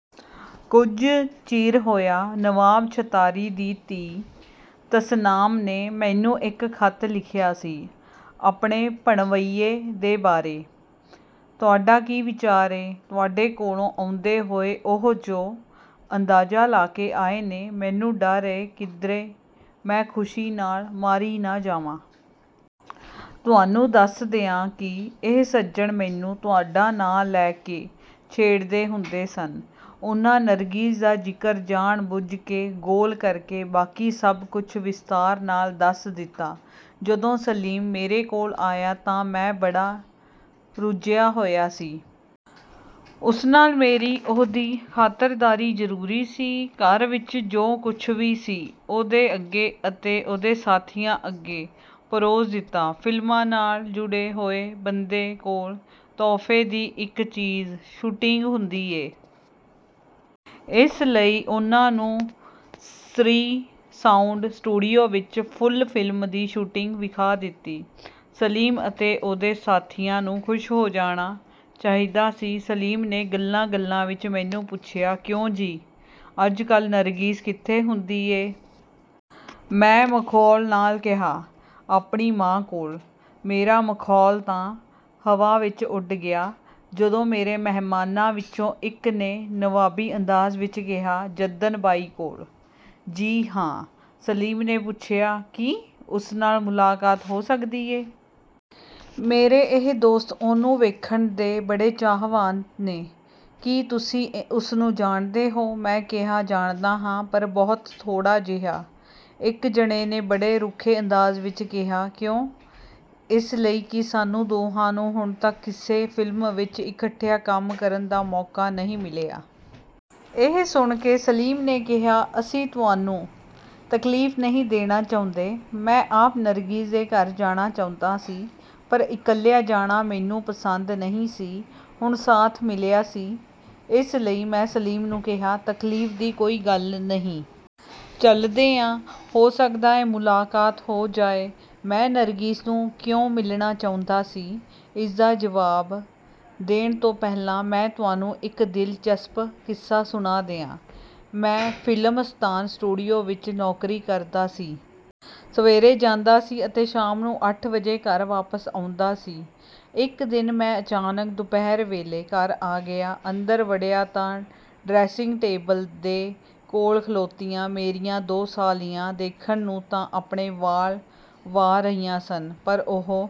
ਕੁਝ ਚਿਰ ਹੋਇਆ, ਨਵਾਬ ਛਤਾਰੀ ਦੀ ਧੀ ਤਸਨਾਮ ਨੇ ਮੈਨੂੰ ਇੱਕ ਖ਼ਤ ਲਿਖਿਆ ਸੀ, ਆਪਣੇ ਭਣਵੱਈਏ ਦੇ ਬਾਰੇ ਤੁਹਾਡਾ ਕੀ ਵਿਚਾਰ ਏ? ਤੁਹਾਡੇ ਕੋਲੋਂ ਆਉਂਦੇ ਹੋਏ ਉਹ ਜੋ ਅੰਦਾਜ਼ਾ ਲਾ ਕੇ ਆਏ ਨੇ, ਮੈਨੂੰ ਡਰ ਏ ਕਿਧਰੇ ਮੈਂ ਖੁਸ਼ੀ ਨਾਲ ਮਰ ਈ ਨਾ ਜਾਵਾਂ! ਤੁਹਾਨੂੰ ਦੱਸ ਦਿਆਂ ਕਿ ਇਹ ਸੱਜਣ ਮੈਨੂੰ ਤੁਹਾਡਾ ਨਾਂ ਲੈ ਕੇ ਛੇੜਦੇ ਹੁੰਦੇ ਸਨ। ਉਨ੍ਹਾਂ ਨਰਗਿਸ ਦਾ ਜ਼ਿਕਰ ਜਾਣ ਬੁੱਝ ਕੇ ਗੋਲ ਕਰਕੇ ਬਾਕੀ ਸਭ ਕੁਝ ਵਿਸਥਾਰ ਨਾਲ ਦੱਸ ਦਿੱਤਾ। ਜਦੋਂ ਸਲੀਮ ਮੇਰੇ ਕੋਲ ਆਇਆ ਤਾਂ ਮੈਂ ਬੜਾ ਰੁੱਝਿਆ ਹੋਇਆ ਸੀ। ਉਸ ਨਾਲ ਮੇਰੀ ਉਹਦੀ ਖਾਤਰਦਾਰੀ ਜ਼ਰੂਰੀ ਸੀ। ਘਰ ਵਿੱਚ ਜੋ ਕੁਝ ਸੀ ਉਹਦੇ ਅੱਗੇ ਅਤੇ ਉਹਦੇ ਸਾਥੀਆਂ ਅੱਗੇ ਪਰੋਸ ਦਿੱਤਾ। ਫ਼ਿਲਮਾਂ ਨਾਲ ਜੁੜੇ ਹੋਏ ਬੰਦੇ ਕੋਲ ਤੋਹਫ਼ੇ ਦੀ ਇੱਕ ਚੀਜ਼ ਸ਼ੂਟਿੰਗ ਹੁੰਦੀ ਏ। ਇਸ ਲਈ ਉਨ੍ਹਾਂ ਨੂੰ ਸ੍ਰੀ ਸਾਊਂਡ ਸਟੂਡੀਓ ਵਿੱਚ ਫੂਲ ਫ਼ਿਲਮ ਦੀ ਸ਼ੂਟਿੰਗ ਵਿਖਾ ਦਿੱਤੀ। ਸਲੀਮ ਅਤੇ ਉਹਦੇ ਸਾਥੀਆਂ ਨੂੰ ਖੁਸ਼ ਹੋ ਜਾਣਾ ਚਾਹੀਦਾ ਸੀ। ਸਲੀਮ ਨੇ ਗੱਲਾਂ ਗੱਲਾਂ ਵਿੱਚ ਮੈਨੂੰ ਪੁੱਛਿਆ, ਕਿਉਂ ਜੀ, ਅੱਜ ਕੱਲ੍ਹ ਨਰਗਿਸ ਕਿੱਥੇ ਹੁੰਦੀ ਏ? ਮੈਂ ਮਖੌਲ ਨਾਲ ਕਿਹਾ, ਆਪਣੀ ਮਾਂ ਕੋਲ। ਮੇਰਾ ਮਖੌਲ ਤਾਂ ਹਵਾ ਵਿੱਚ ਉੱਡ ਗਿਆ। ਜਦੋਂ ਮੇਰੇ ਮਹਿਮਾਨਾਂ ਵਿੱਚੋਂ ਇੱਕ ਨੇ ਨਵਾਬੀ ਅੰਦਾਜ਼ ਵਿੱਚ ਕਿਹਾ, ਜੱਦਨ ਬਾਈ ਕੋਲ? ਜੀ ਹਾਂ। ਸਲੀਮ ਨੇ ਪੁੱਛਿਆ, ਕੀ ਉਸ ਨਾਲ ਮੁਲਾਕਾਤ ਹੋ ਸਕਦੀ ਏ? ਮੇਰੇ ਇਹ ਦੋਸਤ ਉਹਨੂੰ ਵੇਖਣ ਦੇ ਬੜੇ ਚਾਹਵਾਨ ਨੇ। ਕੀ ਤੁਸੀਂ ਉਸਨੂੰ ਜਾਣਦੇ ਹੋ? ਮੈਂ ਕਿਹਾ, ਜਾਣਦਾ ਹਾਂ ਪਰ ਬਹੁਤ ਥੋੜ੍ਹਾ ਜਿਹਾ। ਇੱਕ ਜਣੇ ਨੇ ਬੜੇ ਰੁੱਖੇ ਅੰਦਾਜ਼ ਵਿੱਚ ਕਿਹਾ, ਕਿਉਂ? ਇਸ ਲਈ ਕਿ ਸਾਨੂੰ ਦੋਹਾਂ ਨੂੰ ਹੁਣ ਤੱਕ ਕਿਸੇ ਫ਼ਿਲਮ ਵਿੱਚ ਇਕੱਠਿਆਂ ਕੰਮ ਕਰਨ ਦਾ ਮੌਕਾ ਨਹੀਂ ਮਿਲਿਆ। ਇਹ ਸੁਣ ਕੇ ਸਲੀਮ ਨੇ ਕਿਹਾ, ਅਸੀਂ ਤੁਹਾਨੂੰ ਤਕਲੀਫ਼ ਨਹੀਂ ਦੇਣਾ ਚਾਹੁੰਦੇ। ਮੈਂ ਆਪ ਨਰਗਿਸ ਦੇ ਘਰ ਜਾਣਾ ਚਾਹੁੰਦਾ ਸੀ ਪਰ ਇਕੱਲਿਆਂ ਜਾਣਾ ਮੈਨੂੰ ਪਸੰਦ ਨਹੀਂ ਸੀ। ਹੁਣ ਸਾਥ ਮਿਲਿਆ ਸੀ। ਇਸ ਲਈ ਮੈਂ ਸਲੀਮ ਨੂੰ ਕਿਹਾ, ਤਕਲੀਫ਼ ਦੀ ਕੋਈ ਗੱਲ ਨਹੀਂ। ਚੱਲਦੇ ਆਂ। ਹੋ ਸਕਦਾ ਏ ਮੁਲਾਕਾਤ ਹੋ ਜਾਏ। ਮੈਂ ਨਰਗਿਸ ਨੂੰ ਕਿਉਂ ਮਿਲਣਾ ਚਾਹੁੰਦਾ ਸੀ? ਇਸ ਦਾ ਜਵਾਬ ਦੇਣ ਤੋਂ ਪਹਿਲਾਂ ਮੈਂ ਤੁਹਾਨੂੰ ਇੱਕ ਦਿਲਚਸਪ ਕਿੱਸਾ ਸੁਣਾ ਦਿਆਂ। ਮੈਂ ਫ਼ਿਲਮਸਤਾਨ ਸਟੂਡੀਓ ਵਿੱਚ ਨੌਕਰੀ ਕਰਦਾ ਸੀ। ਸਵੇਰੇ ਜਾਂਦਾ ਸੀ ਅਤੇ ਸ਼ਾਮ ਨੂੰ ਅੱਠ ਵਜੇ ਘਰ ਵਾਪਸ ਆਉਂਦਾ ਸੀ। ਇੱਕ ਦਿਨ ਮੈਂ ਅਚਾਨਕ ਦੁਪਹਿਰ ਵੇਲੇ ਘਰ ਆ ਗਿਆ। ਅੰਦਰ ਵੜਿਆ ਤਾਂ ਡਰੈਸਿੰਗ ਟੇਬਲ ਦੇ ਕੋਲ ਖਲੋਤੀਆਂ ਮੇਰੀਆਂ ਦੋ ਸਾਲੀਆਂ ਦੇਖਣ ਨੂੰ ਤਾਂ ਆਪਣੇ ਵਾਲ ਵਾਹ ਰਹੀਆਂ ਸਨ, ਪਰ ਉਹ